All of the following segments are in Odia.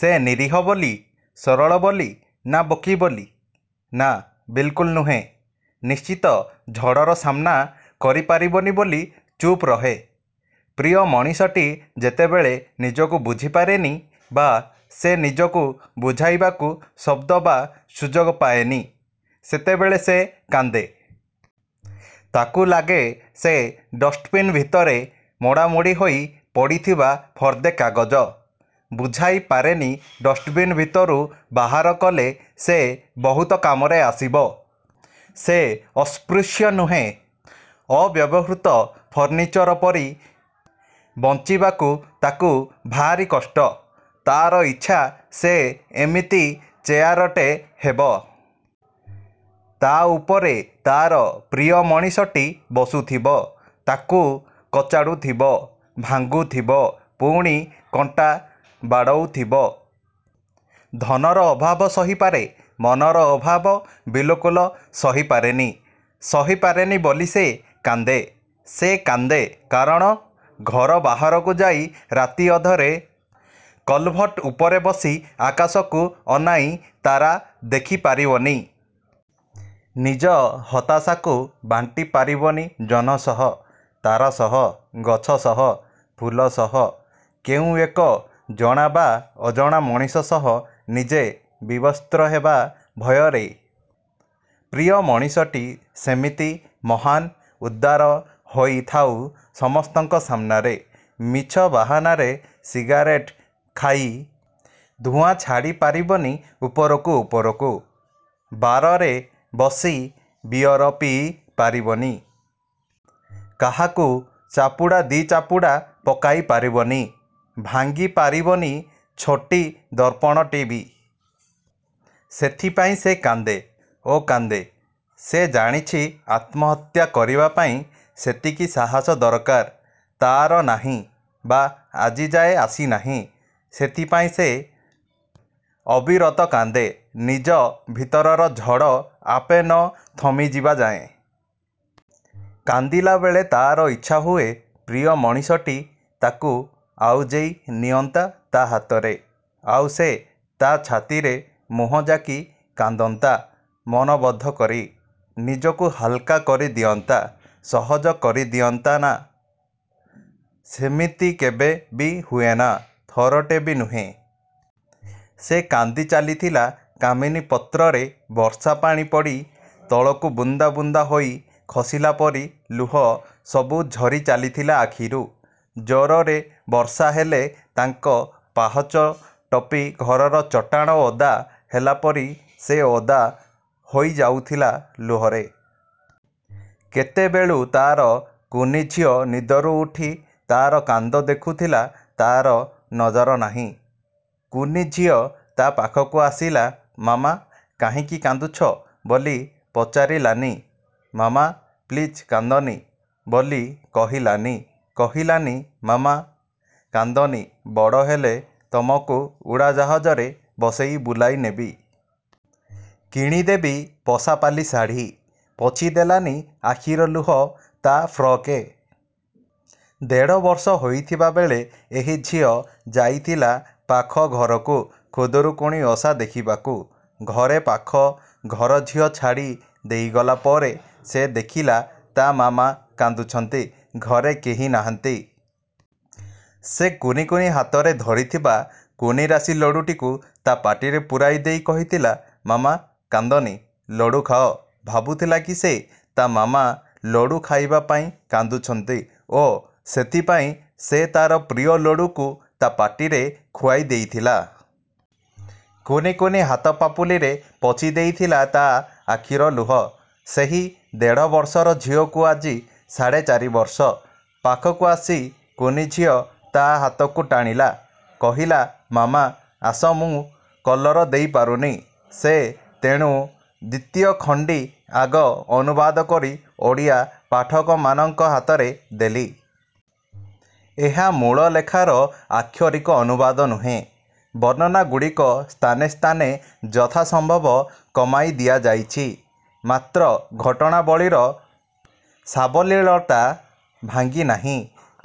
ସେ ନୀରିହ ବୋଲି, ସରଳ ବୋଲି ନା ବୋକି ବୋଲି? ନା' ବିଲକୁଲ ନୁହେଁ, ନିଶ୍ଚିତ ଝଡ଼ର ସାମ୍ନା କରିପାରିବନି ବୋଲି ଚୁପ୍ ରହେ। ପ୍ରିୟ ମଣିଷଟି ଯେତେବେଳେ ନିଜକୁ ବୁଝିପାରେନି ବା ସେ ନିଜକୁ ବୁଝାଇବାକୁ ଶବ୍ଦ ବା ସୁଯୋଗ ପାଏନି। ସେତେବେଳେ ସେ କାନ୍ଦେ। ତାକୁ ଲାଗେ ସେ ଡଷ୍ଟ୍ବିନ ଭିତରେ ମୋଡିମାଡି ହୋଇ ପଡ଼ିଥିବା ଫର୍ଦ୍ଦେ କାଗଜ। ବୁଝାଇ ପାରେନି ଡଷ୍ଟବିନ ଭିତରୁ ବାହାର କଲେ ସେ ବହୁତ କାମରେ ଆସିବ। ସେ ଅସ୍ପୃଶ୍ୟ ନୁହେଁ। ଅବ୍ୟବହୃତ ଫର୍ଣ୍ଣିଚର ପରି ବଂଚିବାକୁ ତାକୁ ଭାରି କଷ୍ଟ। ତା'ର ଇଚ୍ଛା ସେ ଏମିତି ଚେୟାରଟେ ହେବ। ତା' ଉପରେ ତା'ର ପ୍ରିୟ ମଣିଷଟି ବସୁଥିବ, ତାକୁ କଚାଡ଼ୁଥିବ, ଭାଙ୍ଗୁଥିବ, ପୁଣି କଣ୍ଟା ବାଡ଼ଉଥିବ। ଧନର ଅଭାବ ସହିପାରେ। ମନର ଅଭାବ ବିଲକୁଲ ସହିପାରେନି। ସହିପାରେନି ବୋଲି ସେ କାନ୍ଦେ। ସେ କାନ୍ଦେ କାରଣ- ଘର ବାହାରକୁ ଯାଇ ରାତି ଅଧରେ କଲ୍ଭର୍ଟ୍ ଉପରେ ବସି ଆକାଶକୁ ଅନାଇ ତାରା ଦେଖିପାରିବନି। ନିଜ ହତାଶାକୁ ବାଣ୍ଟି ପାରିବନି ଜହ୍ନ ସହ, ତାରା ସହ, ଗଛ ସହ, ଫୁଲ ସହ କେଉଁ ଏକ ଜଣା ବା ଅଜଣା ମଣିଷ ସହ ନିଜେ ବିବସ୍ତ୍ର ହେବା ଭୟରେ। ପ୍ରିୟ ମଣିଷଟି ସେମିତି ମହାନ୍, ଉଦାର ହୋଇ ଥାଉ ସମସ୍ତଙ୍କ ସାମ୍ନାରେ। ମିଛ ବାହାନାରେ ସିଗାରେଟ୍ ଖାଇ ଧୂଆଁ ଛାଡ଼ିପାରିବନି ଉପରକୁ ଉପରକୁ, ବାରରେ ବସି ବିୟର ପିଇ ପାରିବନି...। କାହାକୁ ଚାପୁଡ଼ା ଦି'ଚାପୁଡ଼ା ପକାଇ ପାରିବନି, ଭାଙ୍ଗିପାରିବନି ଛୋଟି ଦର୍ପଣଟେବି। ସେଥିପାଇଁ ସେ କାନ୍ଦେ। ଓ କାନ୍ଦେ। ସେ ଜାଣିଛି ଆତ୍ମହତ୍ୟା କରିବାପାଇଁ ସେତିକି ସାହସ ଦରକାର ତା'ର ନାହିଁ ବା ଆଜି ଯାଏ ଆସି ନାହିଁ। ସେଥିପାଇଁ ସେ ଅବିରତ କାନ୍ଦେ ନିଜ ଭିତରର ଝଡ଼ ଆପେ ନ ଥମିବାଯାଏ। କାନ୍ଦିଲାବେଳେ ତା'ର ଇଚ୍ଛା ହୁଏ... ପ୍ରିୟ ମଣିଷଟି ତାକୁ ଆଉଜେଇ ନିଅନ୍ତା ତା' ହାତରେ। ଆଉ ସେ ତା' ଛାତିରେ ମୁହଁ ଜାକି କାନ୍ଦନ୍ତା ମନବୋଧ କରି। ନିଜକୁ ହାଲ୍କା କରି ଦିଅନ୍ତା। ସହଜ କରି ଦିଅନ୍ତା। ନା। ସେମିତି କେବେ ବି ହୁଏନା। ଥରଟେ ବି ନୁହେଁ। ସେ କାନ୍ଦି ଚାଲିଥିଲା କାମିନୀ ପତ୍ରରେ ବର୍ଷା ପାଣି ପଡ଼ି ତଳକୁ ବୁନ୍ଦା ବୁନ୍ଦା ହୋଇ ଖସିଲା ପରି ଲୁହ ସବୁ ଝରି ଚାଲିଥିଲା ଆଖିରୁ। ଜୋରରେ ବର୍ଷା ହେଲେ ତାଙ୍କ ପାହଚ ଟପି ଘରର ଚଟାଣ ଓଦା ହେଲା ପରି ସେ ଓଦା ହୋଇଯାଉଥିଲା ଲୁହରେ। କେତେବେଳୁ ତା'ର କୁନି ଝିଅ ନିଦରୁ ଉଠି ତା'ର କାନ୍ଦ ଦେଖୁଥିଲା ତା'ର ନଜର ନାହିଁ-। କୁନି ଝିଅ ତା' ପାଖକୁ ଆସିଲା,''ମାମା, କାହିଁକି କାନ୍ଦୁଛ? '' ବୋଲି ପଚାରିଲାନି, ''ମାମା ପ୍ଲିଜ୍ କାନ୍ଦନି'' ବୋଲି କହିଲାନି, କହିଲାନି, ''ମାମା, କାନ୍ଦନି ବଡ଼ ହେଲେ ତମକୁ ଉଡ଼ାଜାହାଜରେ ବସେଇ ବୁଲାଇ ନେବି। କିଣି ଦେବି ପଶାପାଲି ଶାଢ଼ୀ। '' ପୋଛି ଦେଲାନି ଆଖିର ଲୁହ ତା' ଫ୍ରକ୍ରେ। ଦେଢ଼ବର୍ଷ ହୋଇଥିଲାବେଳେ ଏହି ଝିଅ ଯାଇଥିଲା ପାଖ ଘରକୁ ଖୁଦୁରୁକୁଣି ଓଷା ଦେଖିବାକୁ। ଘରେ ପାଖ ଘରଝିଅ ଛାଡ଼ି ଦେଇଗଲା ପରେ ସେ ଦେଖିଲା ତା' ମାମା କାନ୍ଦୁଛନ୍ତି। ଘରେ କେହି ନାହାନ୍ତି। ସେ କୁନି କୁନି ହାତରେ ଧରିଥିବା କୁନି ରାଶି ଲଡ଼ୁଟିକୁ ତା' ପାଟିରେ ପୁରାଇ ଦେଇ କହିଥିଲା, ''ମାମା, କାନ୍ଦନି, ଲଡ଼ୁ ଖାଅ। '' ଭାବୁଥିଲା କି ସେ ତା' ମାମା ଲଡ଼ୁ ଖାଇବା ପାଇଁ କାନ୍ଦୁଛନ୍ତି ଓ ସେଥିପାଇଁ ସେ ତା'ର ପ୍ରିୟ ଲଡ଼ୁକୁ ତା' ପାଟିରେ ଖୁଆଇ ଦେଇଥିଲା। କୁନି କୁନି ହାତ ପାପୁଲିରେ ପୋଛି ଦେଇଥିଲା ତା' ଆଖିର ଲୁହ। ସେହି ଦେଢ଼ ବର୍ଷର ଝିଅକୁ ଆଜି ସାଢ଼େ ଚାରି ବର୍ଷ। ପାଖକୁ ଆସି କୁନି ଝିଅ ତା' ହାତକୁ ଟାଣିଲା। କହିଲା,''ମାମା, ଆସ ମୁଁ କଲର ଦେଇପାରୁନି। '' ସେ। ତେଣୁ ଦ୍ୱିତୀୟ ଖଣ୍ଡି ଆଗ ଅନୁବାଦ କରି ଓଡ଼ିଆ ପାଠକମାନଙ୍କ ହାତରେ ଦେଲି। ଏହା ମୂଳ ଲେଖାର ଆକ୍ଷରିକ ଅନୁବାଦ ନୁହେ। ବର୍ଣ୍ଣନାଗୁଡ଼ିକ ସ୍ଥାନେସ୍ଥାନେ ଯଥାସମ୍ଭବ କମାଇ ଦିଆଯାଇଛି; ମାତ୍ର ଘଟଣାବଳୀର ସାବଲୀଳତା ଭାଙ୍ଗି ନାହିଁ।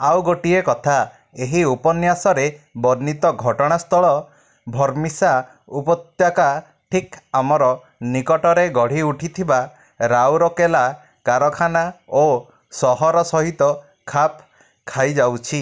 ଆଉ ଗୋଟିଏ କଥା। ଏହି ଉପନ୍ୟାସରେ ବର୍ଣ୍ଣିତ ଘଟଣା ସ୍ଥଳ ଭର୍ମିସା ଉପତ୍ୟକା ଠିକ୍ ଆମର ନିକଟରେ ଗଢ଼ି ଉଠିଥିବା ରାଉରକେଲା କାରଖାନା ଓ ସହର ସହିତ ଖାପ୍ ଖାଇଯାଉଅଛି।